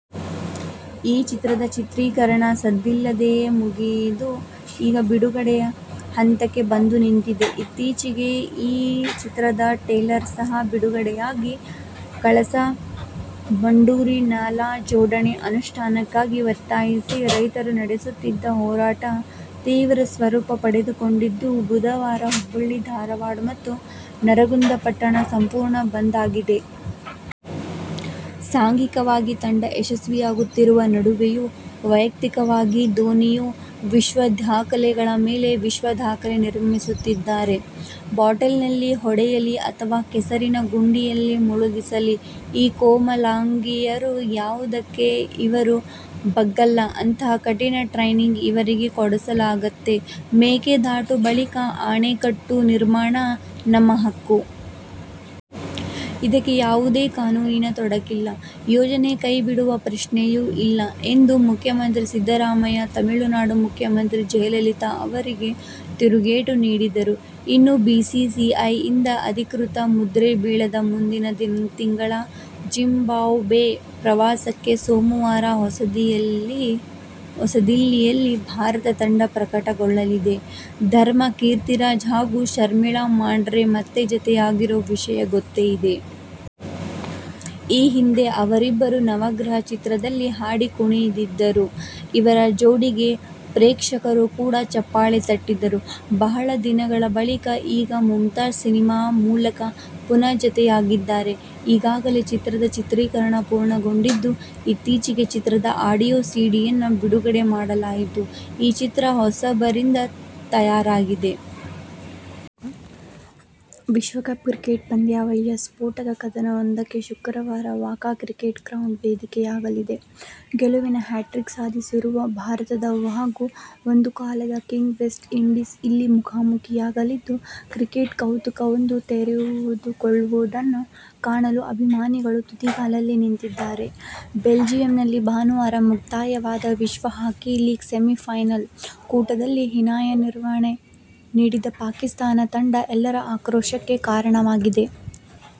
ಈ ಚಿತ್ರದ ಚಿತ್ರೀಕರಣ ಸದ್ದಿಲ್ಲದೆಯೇ ಮುಗಿದು, ಈಗ ಬಿಡುಗಡೆಯ ಹಂತಕ್ಕೆ ಬಂದು ನಿಂತಿದೆ. ಇತ್ತೀಚೆಗೆ ಈ ಚಿತ್ರದ ಟ್ರೇಲರ್ ಸಹ ಬಿಡುಗಡೆಯಾಗಿದೆ. ಕಳಸಾ ಬಂಡೂರಿ ನಾಲಾ ಜೋಡಣೆ ಅನುಷ್ಠಾನಕ್ಕಾಗಿ ಒತ್ತಾಯಿಸಿ ರೈತರು ನಡೆಸುತ್ತಿದ್ದ ಹೋರಾಟ ತೀವ್ರ ಸ್ವರೂಪ ಪಡೆದುಕೊಂಡಿದ್ದು, ಬುಧವಾರ ಹುಬ್ಬಳ್ಳಿ, ಧಾರವಾಡ ಮತ್ತು ನರಗುಂದ ಪಟ್ಟಣ ಸಂಪೂರ್ಣ ಬಂದ್ ಆಗಿದೆ. ಸಾಂಘಿಕವಾಗಿ ತಂಡ ಯಶಸ್ವಿಯಾಗುತ್ತಿರುವ ನಡುವೆಯೇ ವೈಯಕ್ತಿಕವಾಗಿ ಧೋನಿಯೂ ವಿಶ್ವದಾಖಲೆಗಳ ಮೇಲೆ ವಿಶ್ವದಾಖಲೆ ನಿರ್ಮಿಸುತ್ತಿದ್ದಾರೆ. ಬಾಟಲ್ ನಲ್ಲಿ ಹೊಡೆಯಲಿ ಅಥವಾ ಕೆಸರಿನ ಗುಂಡಿಯಲ್ಲಿ ಮುಳುಗಿಸಲಿ.. ಈ ಕೋಮಲಾಂಗಿಯರು ಯಾವುದಕ್ಕೂ ಇವರು ಬಗ್ಗಲ್ಲ. ಅಂತಹ ಕಠಿಣ ಟ್ರೈನಿಂಗ್ ಇವರಿಗೆ ಕೊಡಲಾಗತ್ತೆ. "ಮೇಕೆದಾಟು ಬಳಿ ಅಣೆಕಟ್ಟು ನಿರ್ಮಾಣ ನಮ್ಮ ಹಕ್ಕು. ಇದಕ್ಕೆ ಯಾವುದೇ ಕಾನೂನಿನ ತೊಡಕಿಲ್ಲ. ಯೋಜನೆ ಕೈಬಿಡುವ ಪ್ರಶ್ನೆಯೂ ಇಲ್ಲ' ಎಂದು ಮುಖ್ಯಮಂತ್ರಿ ಸಿದ್ದರಾಮಯ್ಯ ತಮಿಳುನಾಡು ಮುಖ್ಯಮಂತ್ರಿ ಜಯಲಲಿತಾ ಅವರಿಗೆ ತಿರುಗೇಟು ನೀಡಿದರು. ಇನ್ನೂ ಬಿಸಿಸಿಐಯಿಂದ ಅಧಿಕೃತ ಮುದ್ರೆ ಬೀಳದ ಮುಂದಿನ ತಿಂಗಳ ಜಿಂಬಾಬ್ವೆ ಪ್ರವಾಸಕ್ಕೆ ಸೋಮವಾರ ಹೊಸದಿಲ್ಲಿಯಲ್ಲಿ ಭಾರತ ತಂಡ ಪ್ರಕಟಗೊಳ್ಳಲಿದೆ. ಧರ್ಮ ಕೀರ್ತಿರಾಜ್ ಹಾಗು ಶರ್ಮಿಳಾ ಮಾಂಡ್ರೆ ಮತ್ತೆ ಜತೆಯಾಗಿರೋ ವಿಷಯ ಗೊತ್ತೇ ಇದೆ. ಈ ಹಿಂದೆ ಅವರಿಬ್ಬರೂ "ನವಗ್ರಹ' ಚಿತ್ರದಲ್ಲಿ ಹಾಡಿ ಕುಣಿದಿದ್ದರು. ಇವರ ಜೋಡಿಗೆ ಪ್ರೇಕ್ಷಕರು ಕೂಡ ಚಪ್ಪಾಳೆ ತಟ್ಟಿದ್ದರು. ಬಹಳ ದಿನಗಳ ಬಳಿಕ ಈಗ "ಮುಮ್ತಾಜ್' ಸಿನಿಮಾ ಮೂಲಕ ಪುನಃ ಜತೆಯಾಗಿದ್ದಾರೆ. ಈಗಾಗಲೇ ಚಿತ್ರದ ಚಿತ್ರೀಕರಣ ಪೂರ್ಣಗೊಂಡಿದ್ದು, ಇತ್ತೀಚೆಗೆ ಚಿತ್ರದ ಆಡಿಯೋ ಸಿಡಿಯನ್ನು ಬಿಡುಗಡೆ ಮಾಡಲಾಯಿತು. ಈ ಚಿತ್ರ ಹೊಸಬರಿಂದ ತಯಾರಾಗಿದೆ. ವಿಶ್ವಕಪ್ ಕ್ರಿಕೆಟ್ ಪಂದ್ಯಾವಳಿಯ ಸ್ಫೋಟಕ ಕದನವೊಂದಕ್ಕೆ ಶುಕ್ರವಾರ "ವಾಕಾ ಕ್ರಿಕೆಟ್ ಗ್ರೌಂಡ್' ವೇದಿಕೆಯಾಗಲಿದೆ. ಗೆಲುವಿನ ಹ್ಯಾಟ್ರಿಕ್ ಸಾಧಿಸಿರುವ ಭಾರತ ಹಾಗೂ ಒಂದು ಕಾಲದ ಕಿಂಗ್ ವೆಸ್ಟ್ ಇಂಡೀಸ್ ಇಲ್ಲಿ ಮುಖಾಮುಖೀಯಾಗಲಿದ್ದು, ಕ್ರಿಕೆಟ್ ಕೌತುಕವೊಂದು ತೆರೆದುಕೊಳ್ಳುವುದನ್ನು ಕಾಣಲು ಅಭಿಮಾನಿಗಳು ತುದಿಗಾಲಲ್ಲಿ ನಿಂತಿದ್ದಾರೆ. ಬೆಲ್ಜಿಯಂನಲ್ಲಿ ಭಾನುವಾರ ಮುಕ್ತಾಯವಾದ ವಿಶ್ವ ಹಾಕಿ ಲೀಗ್ ಸೆಮಿಫೈನಲ್ ಕೂಟದಲ್ಲಿ ಹೀನಾಯ ನಿರ್ವಹಣೆ ನೀಡಿದ ಪಾಕಿಸ್ತಾನ ತಂಡ ಎಲ್ಲರ ಆಕ್ರೋಶಕ್ಕೆ ಕಾರಣವಾಗಿದೆ.